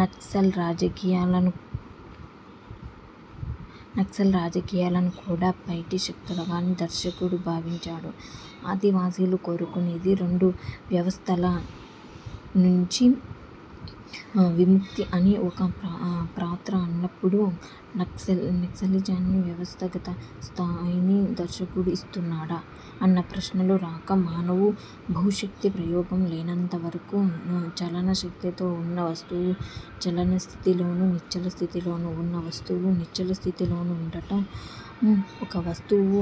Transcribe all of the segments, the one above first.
నక్సల్ రాజకీయాలను కూడా బైటి శక్తులుగానే దర్శకుడు భావించాడు? ఆదివాసీలు కోరుకునేది 'రెండు వ్యవస్థల నుంచి విముక్తి' అని ఒక పాత్ర అన్నపుడు నక్సలిజానికి వ్యవస్థాగత స్థాయిని దర్శకుడు ఇస్తున్నాడా? అన్న ప్రశ్నలు రాక మానవు. బాహుశక్తి ప్రయోగం లేనంతవరకూ చలనస్థితితొ ఉన్న వస్తువు చలనస్థితిలోను, నిశ్చలస్థితిలో ఉన్న వస్తువు నిశ్చలస్థితిలోనూ ఉండటం, ఒక వస్తువు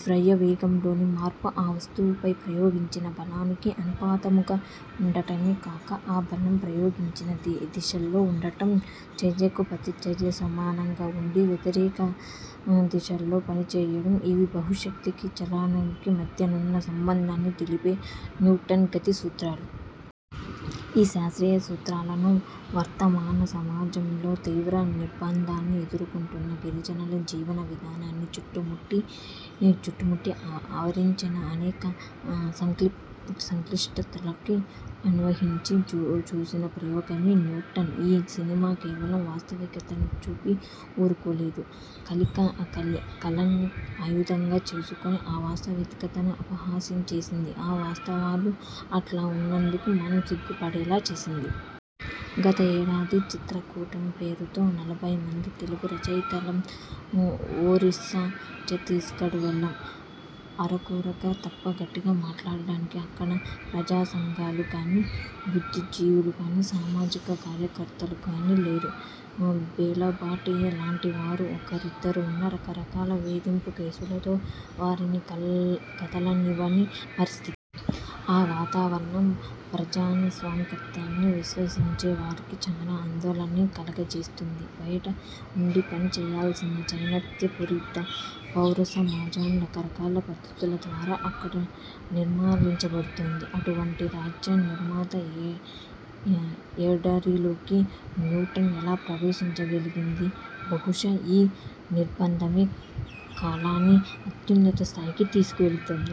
ద్రవ్యవేగంలోని మార్పు ఆ వస్తువుపై ప్రయోగించిన బలానికి అనుపాతముగా ఉండటమే కాక ఆ బలం ప్రయోగించిన దిశలో ఉండటం, చర్యకు ప్రతిచర్య సమానంగా ఉండి వ్యతిరేక దిశలో పనిచేయడం ఇవి బాహ్యశక్తికి చలనానికి మధ్యనున్న సంబంధాన్ని తెలిపే న్యూటన్ గతి సూత్రాలు. ఈ శాస్త్రీయ సూత్రాలను వర్తమాన సమాజంలో తీవ్ర నిర్బంధాన్ని ఎదుర్కుంటున్న గిరిజనుల జీవన విధానానికి, చుట్టూ ఆవరించిన అనేక సంక్లిష్టతలకి అన్వయించి చూసిన ప్రయోగమే 'న్యూటన్'. ఈ సినిమా కేవలం వాస్తవికతని చూపి ఊరుకోలేదు. కళని ఆయుధంగా చేసుకుని ఆ వాస్తవికతని అపహాస్యం చేసింది. ఆ వాస్తవాలు అట్లా ఉన్నందుకు మనం సిగ్గుపడేలా చేసింది. గత ఏడాది చిత్రకూటమి పేరుతో నలభైమంది తెలుగు రచయితలం ఒరిస్సా, ఛత్తీస్గఢ్ వెళ్లాం. అరకొరగా తప్ప గట్టిగా మాట్లాడటానికి అక్కడ ప్రజాసంఘాలు గానీ బుద్ధిజీవులు కానీ సామాజిక కార్యకర్తలు లేరు. బేలాభాటియా ఏలాంటివారు ఒకరిద్దరు ఉన్నా రకరకాల వేధింపు కేసులతో వారిని కదలనివ్వని పరిస్థితి. ఆ వాతావరణం ప్రజాస్వామికతని విశ్వసించే వారికి చాలా ఆందోళనని కలగజేస్తుంది. బయట ఉండి పని చేయాల్సిన చైతన్యపూరిత పౌరసమాజం రకరకాల పద్ధతుల ద్వారా అక్కడ నిర్మలించబడుతోంది. అటువంటి రాజ్య నిర్మిత ఎడారిలోకి 'న్యూటన్' ఎలా ప్రవేశించగలిగింది! బహుశా ఈ నిర్బంధమే కళని అత్యున్నత స్థాయికి తీసుకువెళ్తుంది.